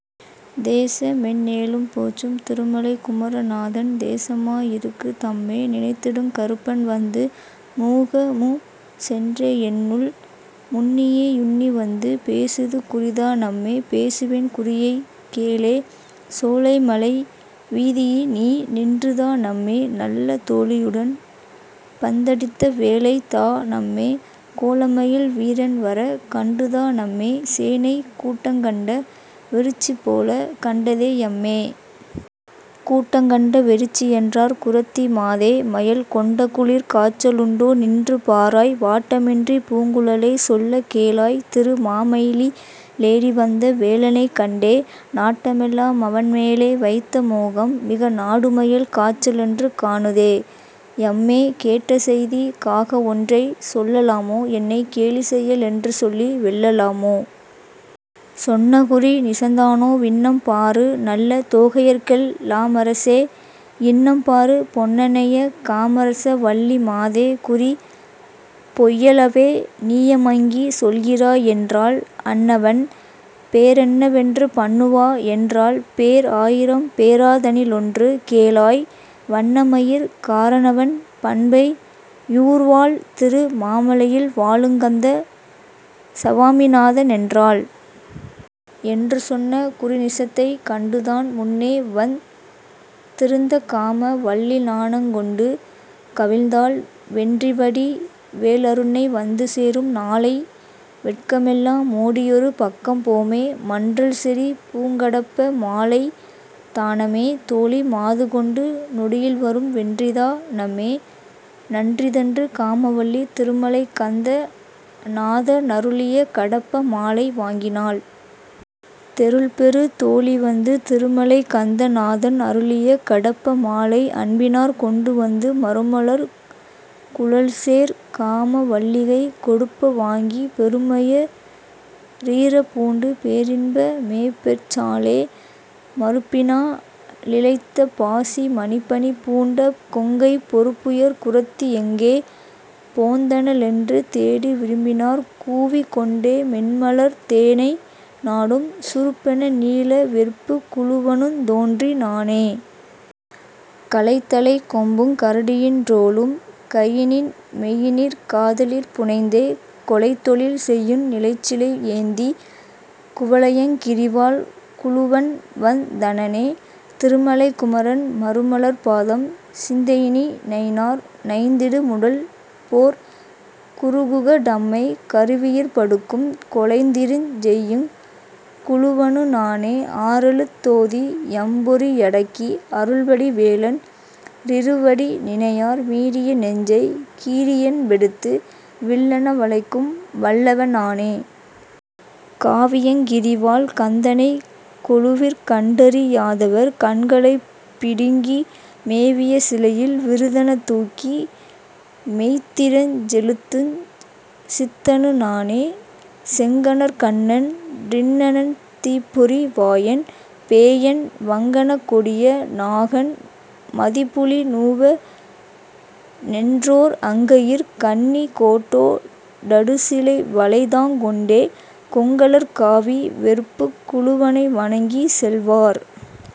தேசமெண் ணேலும் போற்றும் திருமலைக் குமர நாதன் தேசமா யிருக்கு தம்மே நினைத்திடுங் கறுப்பன் வந்து மூகமூ சென்றே யென்னுள் முன்னியே யுன்னி வந்து பேசுது குறிதா னம்மே பேசுவேன் குறியைக் கேளே..... சோலைமலை வீதியினீ நின்றுதா னம்மே நல்ல। தோலியுடன் பந்தடித்த வேளைதா னம்மே கோலமயில் வீரன்வரக் கண்டுதா னம்மே சேனைக் கூட்டங்கண்ட வெருட்சிபோலக் கண்டதே யம்மே. கூட்டங்கண்ட வெருட்சியென்றார் குறத்தி மாதே மயல் கொண்டகுளிர் காச்சலுண்டோ நின்று பாராய் வாட்டமின்றிப் பூங்குலலே சொல்லக் கேளாய் திரு மாமயிலி லேறிவந்த வேலனைக் கண்டே. நாட்டமெல்லா மவன்மேலே வைத்த மோகம் மிக நாடுமயல் காச்சலென்று காணுதே யம்மே கேட்டசெய்திக் காகவொன்றைச் சொல்லலாமோ என்னைக் கேலிசெய்ய லென்றுசொல்லி வெல்ல லாமோ. சொன்னகுறி நிசந்தானோ வின்னம் பாரு நல்ல தோகையர்க்கெல் லாமரசே யின்னம் பாரு பொன்னனைய காமரச வல்லி மாதே குறி பொய்யலவே நீமயங்கிச் சொல்கிறா யென்றாள். அன்னவன் பேரென்னவென்று பன்னுவா யென்றாள் பேர் ஆயிரம் பேரானதனி லொன்று கேளாய் வண்ணமயிற் காரனவன் பண்பை யூர்வால் திரு மாமலையில் வாலுங்கந்த சவாமிநாதன் என்றாள். என்று சொன்ன குறிநிசத்தைக் கண்டுதான் முன்னே வந் திருந்தகாம வல்லிநாணங் கொண்டு கவில்ந்தாள் வென்றிவடி வேலருன்னை வந்து சேரும் நாளை வெட்கமெல்லா மோடியொரு பக்கம் போமே. மன்றல்செறி பூங்கடப்ப மாலைதா னம்மே தோலி மாதுகொண்டு நொடியில்வரும் வென்றிதா னம்மே நன்றிதென்று காமவல்லி திருமலைக் கந்த நாதனரு ளியகடப்ப மாலை வாங்கினாள்..... தெருள்பெறு தோலி வந்து திருமலைக் கந்த நாதன் அருளிய கடப்ப மாலை அன்பினாற் கொண்டு வந்து மருமலர்க் குலல்சேர் காம வல்லிகைக் கொடுப்ப வாங்கி பெருமய றீரப் பூண்டு பேரின்ப மேபெற் றாளே..... மருப்பினா லிலைத்த பாசி மணிப்பணி பூண்ட கொங்கைப் பொருப்புயர் குறத்தி யெங்கே போந்தன ளென்று தேடி விரும்பினாற் கூவிக் கொண்டே மென்மலர்த் தேனை நாடும் சுருப்பென நீல வெற்புக் குளுவனுந் தோன்றி னானே..... கலைத்தலைக் கொம்புங் கரடியின் றோலும் கையினின் மெய்யினிற் காதலிற் புனைந்தே கொலைத்தொலில் செய்யு நிலைச்சிலை யேந்திக் குவளையங் கிரிவால் குளுவன்வந் தனனே. திருமலைக் குமரன் மருமலர்ப் பாதம் சிந்தையி னினையார் நைந்திடு முடல்போற் குருகுக டம்மைக் கருவியிற் படுக்கும் கொலைத்திறஞ் செய்யுங் குளுவனு நானே. ஆறெலுத் தோதி யைம்பொறி யடக்கி அருள்வடி வேலன் றிருவடி நினையார் மீறிய நெஞ்சைக் கீறியென் பெடுத்து வில்லென வளைக்கும் வல்லவ னானே. காவியங் கிரிவாழ் கந்தனைக் கொலுவிற் கண்டறி யாதவர் கண்களைப் பிடுங்கி மேவிய சிலையில் விருதெனத் தூக்கி மெய்த்திறஞ் செலுத்துஞ் சித்தனு நானே...... செங்கணற் கண்ணன் றிண்ணன் தீப்பொறி வாயன் பேயன் வங்கணக் கொடிய னாகன் மதிப்புலி நூவ னென்றோர் அங்கையிற் கண்ணி கோட்டோ டடுசிலை வலைதாங் கொண்டே கொங்கலர் காவி வெற்புக் குளுவனை வணங்கிச் செல்வார்.....